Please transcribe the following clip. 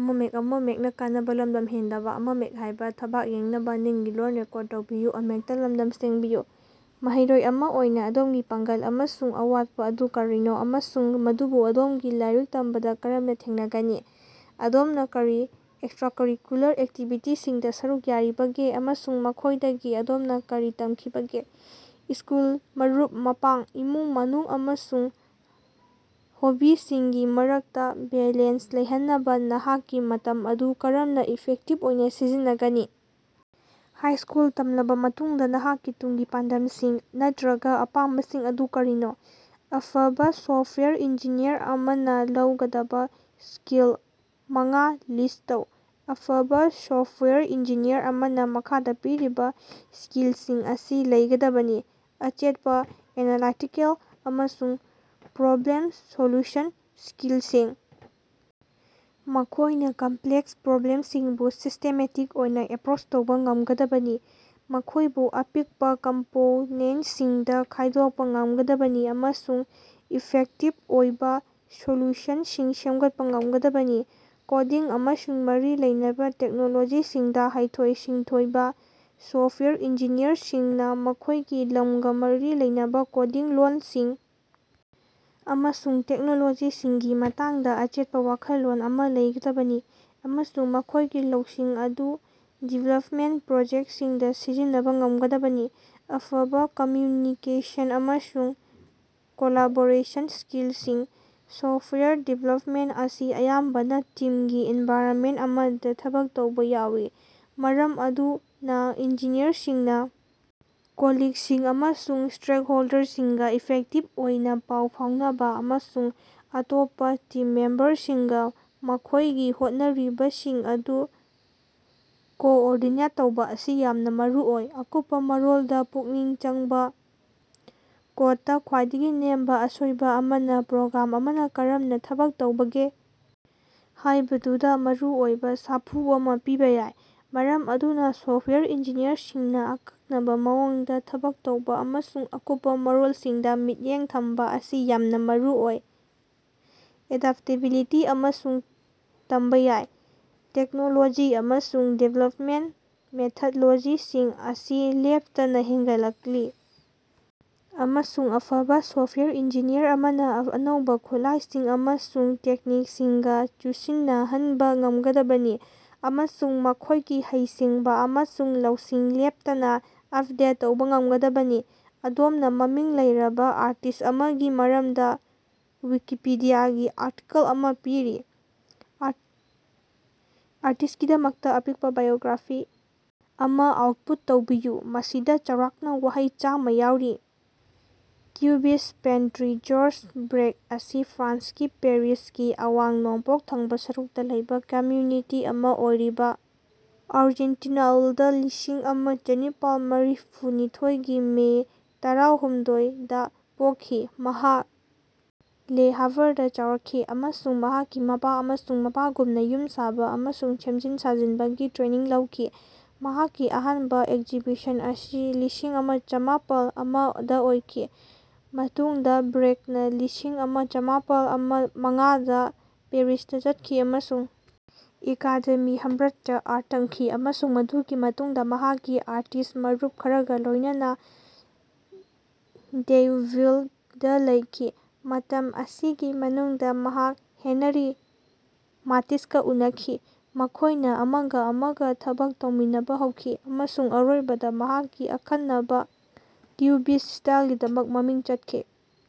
ꯃꯍꯩꯔꯣꯏ ꯑꯃ ꯑꯣꯏꯅ ꯑꯗꯣꯝꯒꯤ ꯄꯥꯡꯒꯜ ꯑꯃꯁꯨꯡ ꯑꯋꯥꯠꯄ ꯑꯗꯨ ꯀꯔꯤꯅꯣ, ꯑꯃꯁꯨꯡ ꯃꯗꯨꯕꯨ ꯑꯗꯣꯝꯒꯤ ꯂꯥꯏꯔꯤꯛ ꯇꯝꯕꯗ ꯀꯔꯝꯅ ꯊꯦꯡꯅꯒꯅꯤ? ꯑꯗꯣꯝꯅ ꯀꯔꯤ ꯑꯦꯛꯁꯇ꯭ꯔꯥꯀꯔꯤꯀꯨꯂꯔ ꯑꯦꯛꯇꯤꯕꯤꯇꯤꯁꯤꯡꯗ ꯁꯔꯨꯛ ꯌꯥꯔꯤꯕꯒꯦ, ꯑꯃꯁꯨꯡ ꯃꯈꯣꯏꯗꯒꯤ ꯑꯗꯣꯝꯅ ꯀꯔꯤ ꯇꯝꯈꯤꯕꯒꯦ? ꯁ꯭ꯀꯨꯜ, ꯃꯔꯨꯞ-ꯃꯄꯥꯡ, ꯏꯃꯨꯡ-ꯃꯅꯨꯡ ꯑꯃꯁꯨꯡ ꯍꯕꯤꯁꯤꯡꯒꯤ ꯃꯔꯛꯇ ꯕꯦꯂꯦꯟꯁ ꯂꯩꯍꯟꯅꯕ ꯅꯍꯥꯛꯀꯤ ꯃꯇꯝ ꯑꯗꯨ ꯀꯔꯝꯅ ꯏꯐꯦꯛꯇꯤꯕ ꯑꯣꯏꯅ ꯁꯤꯖꯤꯟꯅꯒꯅꯤ? ꯍꯥꯏꯁꯀꯨꯜ ꯇꯝꯂꯕ ꯃꯇꯨꯡꯗ ꯅꯍꯥꯛꯀꯤ ꯇꯨꯡꯒꯤ ꯄꯥꯟꯗꯝꯁꯤꯡ ꯅꯠꯇ꯭ꯔꯒ ꯑꯄꯥꯝꯕꯁꯤꯡ ꯑꯗꯨ ꯀꯔꯤꯅꯣ? ꯑꯐꯕ ꯁꯣꯐꯋꯥꯌꯔ ꯏꯟꯖꯤꯅꯤꯌꯔ ꯑꯃꯅ ꯂꯩꯒꯗꯕ ꯁ꯭ꯀꯤꯜ ꯃꯉꯥ ꯂꯤꯁ꯭ꯠ ꯇꯧ꯫ ꯑꯐꯕ ꯁꯣꯐꯋꯥꯌꯔ ꯏꯟꯖꯤꯅꯤꯌꯔ ꯑꯃꯅ ꯃꯈꯥꯗ ꯄꯤꯔꯤꯕ ꯁ꯭ꯀꯤꯜꯁꯤꯡ ꯑꯁꯤ ꯂꯩꯒꯗꯕꯅꯤ: ꯑꯆꯦꯠꯄ ꯑꯦꯅꯥꯂꯥꯏꯇꯤꯀꯦꯜ ꯑꯃꯁꯨꯡ ꯄ꯭ꯔꯣꯕ꯭ꯂꯦꯝ-ꯁꯣꯜꯌꯨꯁꯟ ꯁ꯭ꯀꯜꯁꯤꯡ: ꯃꯈꯣꯏꯅ ꯀꯝꯄ꯭ꯂꯦꯛꯁ ꯄ꯭ꯔꯣꯕ꯭ꯂꯦꯝꯁꯤꯡꯕꯨ ꯁꯤꯁ꯭ꯇꯦꯃꯦꯇꯤꯛ ꯑꯣꯏꯅ ꯑꯦꯄ꯭ꯔꯣꯆ ꯇꯧꯕ ꯉꯝꯒꯗꯕꯅꯤ, ꯃꯈꯣꯏꯕꯨ ꯑꯄꯤꯛꯄ ꯀꯝꯄꯣꯅꯦꯟꯁꯤꯡꯗ ꯈꯥꯏꯗꯣꯛꯄ ꯉꯝꯒꯗꯕꯅꯤ ꯑꯃꯁꯨꯡ ꯏꯐꯦꯛꯇꯤꯚ ꯑꯣꯏꯕ ꯁꯣꯂ꯭ꯌꯨꯁꯟꯁꯤꯡ ꯁꯦꯝꯒꯠꯄ ꯉꯝꯒꯗꯕꯅꯤ꯫ ꯀꯣꯗꯤꯡ ꯑꯃꯁꯨꯡ ꯃꯔꯤ ꯂꯩꯅꯕ ꯇꯦꯛꯅꯣꯂꯣꯖꯤꯁꯤꯡꯗ ꯍꯩꯊꯣꯏ-ꯁꯤꯡꯊꯣꯏꯕ: ꯁꯣꯐꯋꯦꯌꯔ ꯏꯟꯖꯤꯅꯤꯌꯔꯁꯤꯡꯅ ꯃꯈꯣꯏꯒꯤ ꯂꯝꯒ ꯃꯔꯤ ꯂꯩꯅꯕ ꯀꯣꯗꯤꯡ ꯂꯣꯜꯁꯤꯡ ꯑꯃꯁꯨꯡ ꯇꯦꯛꯅꯣꯂꯣꯖꯤꯁꯤꯡꯒꯤ ꯃꯇꯥꯡꯗ ꯑꯆꯦꯠꯄ ꯋꯥꯈꯜꯂꯣꯟ ꯑꯃ ꯂꯩꯒꯗꯕꯅꯤ, ꯑꯃꯁꯨꯡ ꯃꯈꯣꯏꯒꯤ ꯂꯧꯁꯤꯡ ꯑꯗꯨ ꯗꯤꯕꯦꯂꯄꯃꯦꯟ ꯄ꯭ꯔꯣꯖꯦꯛꯁꯤꯡꯗ ꯁꯤꯖꯤꯟꯅꯕ ꯉꯝꯒꯗꯕꯅꯤ꯫ ꯑꯐꯕ ꯀꯝꯃ꯭ꯌꯨꯅꯤꯀꯦꯁꯟ ꯑꯃꯁꯨꯡ ꯀꯣꯂꯥꯕꯣꯔꯦꯁꯟ ꯁ꯭ꯀꯤꯜꯁꯤꯡ: ꯁꯣꯐꯋꯥꯌꯔ ꯗꯤꯚꯦꯂꯄꯃꯦꯟ ꯑꯁꯤ ꯑꯌꯥꯝꯕꯅ ꯇꯤꯝꯒꯤ ꯑꯦꯟꯚꯥꯏꯔꯟꯃꯦꯟ ꯑꯃꯗ ꯊꯕꯛ ꯇꯧꯕ ꯌꯥꯎꯏ, ꯃꯔꯝ ꯑꯗꯨꯅ ꯏꯟꯖꯤꯅꯤꯌꯔꯁꯤꯡꯅ ꯀꯣꯂꯤꯛꯁꯤꯡ ꯑꯃꯁꯨꯡ ꯁ꯭ꯇꯦꯛꯍꯣꯜꯗꯔꯁꯤꯡꯒ ꯏꯐꯦꯛꯇꯤꯕ ꯑꯣꯏꯅ ꯄꯥꯎ ꯐꯥꯎꯅꯕ, ꯑꯃꯁꯨꯡ ꯑꯇꯣꯞꯄ ꯇꯤꯝ ꯃꯦꯝꯕꯔꯁꯤꯡꯒ ꯃꯈꯣꯏꯒꯤ ꯍꯣꯠꯅꯔꯤꯕꯁꯤꯡ ꯑꯗꯨ ꯀꯣꯑꯣꯔꯗꯤꯅꯦꯠ ꯇꯧꯕ ꯑꯁꯤ ꯌꯥꯝꯅ ꯃꯔꯨꯑꯣꯏ꯫ ꯑꯀꯨꯞꯄ ꯃꯔꯣꯜꯗ ꯄꯨꯛꯅꯤꯡ ꯆꯪꯕ: ꯀꯣꯗꯇ ꯈ꯭ꯋꯥꯏꯗꯒꯤ ꯅꯦꯝꯕ ꯑꯁꯣꯏꯕ ꯑꯃꯅ ꯄ꯭ꯔꯣꯒ꯭ꯔꯥꯝ ꯑꯃꯅ ꯀꯔꯝꯅ ꯊꯕꯛ ꯇꯧꯕꯒꯦ ꯍꯥꯏꯕꯗꯨꯗ ꯃꯔꯨꯑꯣꯏꯕ ꯁꯥꯐꯨ ꯑꯃ ꯄꯤꯕ ꯌꯥꯏ, ꯃꯔꯝ ꯑꯗꯨꯅ ꯁꯣꯐꯋꯦꯌꯔ ꯏꯟꯖꯤꯅꯤꯌꯔꯁꯤꯡꯅ ꯑꯀꯛꯅꯕ ꯃꯑꯣꯡꯗ ꯊꯕꯛ ꯇꯧꯕ ꯑꯃꯁꯨꯡ ꯑꯀꯨꯞꯄ ꯃꯔꯣꯜꯁꯤꯡꯗ ꯃꯤꯠꯌꯦꯡ ꯊꯝꯕ ꯑꯁꯤ ꯌꯥꯝꯅ ꯃꯔꯨꯑꯣꯏ꯫ ꯑꯦꯗꯥꯞꯇꯦꯕꯤꯂꯤꯇꯤ ꯑꯃꯁꯨꯡ ꯇꯝꯕ ꯌꯥꯕ: ꯇꯦꯛꯅꯣꯂꯣꯖꯤ ꯑꯃꯁꯨꯡ ꯗꯤꯕꯦꯂꯄꯃꯦꯟꯠ ꯃꯦꯊꯣꯗꯣꯂꯣꯖꯤꯁꯤꯡ ꯑꯁꯤ ꯂꯦꯞꯇꯅ ꯍꯦꯟꯒꯠꯂꯛꯂꯤ, ꯑꯃꯁꯨꯡ ꯑꯐꯕ ꯁꯣꯐꯋꯦꯌꯔ ꯏꯟꯖꯤꯅꯤꯌꯔ ꯑꯃꯅ ꯑꯅꯧꯕ ꯈꯨꯠꯂꯥꯏꯁꯤꯡ ꯑꯃꯁꯨꯡ ꯇꯦꯛꯅꯤꯛꯁꯤꯡꯒ ꯆꯨꯁꯤꯟꯅꯍꯟꯕ ꯉꯝꯒꯗꯕꯅꯤ, ꯑꯃꯁꯨꯡ ꯃꯈꯣꯏꯒꯤ ꯍꯩꯁꯤꯡꯕ ꯑꯃꯁꯨꯡ ꯂꯧꯁꯤꯡ ꯂꯦꯞꯇꯅ ꯑꯄꯗꯦꯠ ꯇꯧꯕ ꯉꯝꯒꯗꯕꯅꯤ꯫ ꯑꯗꯣꯝꯅ ꯃꯃꯤꯡ ꯂꯩꯔꯕ ꯑꯥꯔꯇꯤꯁꯠ ꯑꯃꯒꯤ ꯃꯔꯝꯗ ꯋꯤꯀꯤꯄꯤꯗꯤꯌꯥꯒꯤ ꯑꯥꯔꯇꯤꯀꯜ ꯑꯃ ꯄꯤꯔꯤ꯫ ꯑꯥꯔꯇꯤꯁ꯭ꯠꯀꯤꯗꯃꯛꯇ ꯑꯄꯤꯛꯄ ꯕꯥꯏꯑꯣꯒ꯭ꯔꯥꯐꯤ ꯑꯃ ꯑꯥꯎꯠꯄꯨꯠ ꯇꯧꯕꯤꯌꯨ, ꯃꯁꯤꯗ ꯆꯥꯎꯔꯥꯛꯅ ꯋꯥꯍꯩ ꯆꯥꯝꯃ ꯌꯥꯎꯔꯤ꯫ ꯀ꯭ꯌꯨꯕꯤꯁ꯭ꯠ ꯄꯦꯟꯇ꯭ꯔꯤ ꯖꯣꯔꯖ ꯕ꯭ꯔꯦꯛ ꯑꯁꯤ ꯐ꯭ꯔꯥꯟꯁꯀꯤ ꯄꯦꯔꯤꯁꯀꯤ ꯑꯋꯥꯡ ꯅꯣꯡꯄꯣꯛ ꯊꯪꯕ ꯁꯔꯨꯛꯇ ꯂꯩꯕ ꯀꯝꯃ꯭ꯌꯨꯅꯤꯇꯤ ꯑꯃ ꯑꯣꯏꯔꯤꯕ ꯑꯥꯔꯖꯦꯟꯇꯤꯅꯥꯎꯏꯜꯗ ꯂꯤꯁꯤꯡꯑꯃ ꯆꯥꯅꯤꯄꯥꯜ ꯃꯔꯤꯐꯨꯅꯤꯊꯣꯏ ꯒꯤ ꯃꯦ ꯇꯔꯥꯍꯨꯝꯗꯣꯏ, ꯗꯥ ꯄꯣꯛꯈꯤ꯫ ꯃꯍꯥꯛ ꯂꯦ ꯍꯥꯚꯔꯗ ꯆꯥꯎꯔꯛꯈꯤ ꯑꯃꯁꯨꯡ ꯃꯍꯥꯛꯀꯤ ꯃꯄꯥ ꯑꯃꯁꯨꯡ ꯃꯄꯥꯒꯨꯝꯅ ꯌꯨꯝ ꯁꯥꯕ ꯑꯃꯁꯨꯡ ꯁꯦꯝꯖꯤꯟ ꯁꯥꯖꯤꯟꯕꯒꯤ ꯇ꯭ꯔꯦꯅꯤꯡ ꯂꯧꯈꯤ꯫ ꯃꯍꯥꯛꯀꯤ ꯑꯍꯥꯟꯕ ꯑꯦꯛꯖꯤꯕꯤꯁꯟ ꯑꯁꯤ ꯂꯤꯁꯤꯡꯑꯃ ꯆꯝꯃꯥꯄꯜ ꯑꯃ ꯗ ꯑꯣꯏꯈꯤ, ꯃꯇꯨꯡꯗ ꯕ꯭ꯔꯦꯛꯅ ꯂꯤꯁꯤꯡꯑꯃ ꯆꯝꯃꯥꯄꯜ ꯃꯉꯥ ꯗ ꯄꯦꯔꯤꯁꯇ ꯆꯠꯈꯤ ꯑꯃꯁꯨꯡ ꯑꯦꯀꯥꯗꯦꯃꯤ ꯍꯝꯕꯔꯠꯇ ꯑꯥꯔꯠ ꯇꯝꯈꯤ, ꯑꯃꯁꯨꯡ ꯃꯗꯨꯒꯤ ꯃꯇꯨꯡꯗ ꯃꯍꯥꯛꯀꯤ ꯑꯥꯔꯇꯤꯁꯠ ꯃꯔꯨꯞ ꯈꯔꯒ ꯂꯣꯌꯅꯅ ꯗꯦꯎꯚꯤꯜꯗ ꯂꯩꯈꯤ꯫ ꯃꯇꯝ ꯑꯁꯤꯒꯤ ꯃꯅꯨꯡꯗ ꯃꯍꯥꯛ ꯍꯦꯅꯔꯤ ꯃꯥꯇꯤꯁꯀ ꯎꯅꯈꯤ, ꯃꯈꯣꯏꯅ ꯑꯃꯒ ꯑꯃꯒ ꯊꯕꯛ ꯇꯧꯃꯤꯟꯅꯕ ꯍꯧꯈꯤ꯫ ꯑꯃꯁꯨꯡ ꯑꯔꯣꯏꯕꯗ ꯃꯍꯥꯛꯀꯤ ꯑꯈꯟꯅꯕ ꯀ꯭ꯌꯨꯕꯤꯁꯠ ꯁ꯭ꯇꯥꯏꯜꯒꯤꯗꯃꯛ ꯃꯃꯤꯡ ꯆꯠꯈꯤ꯫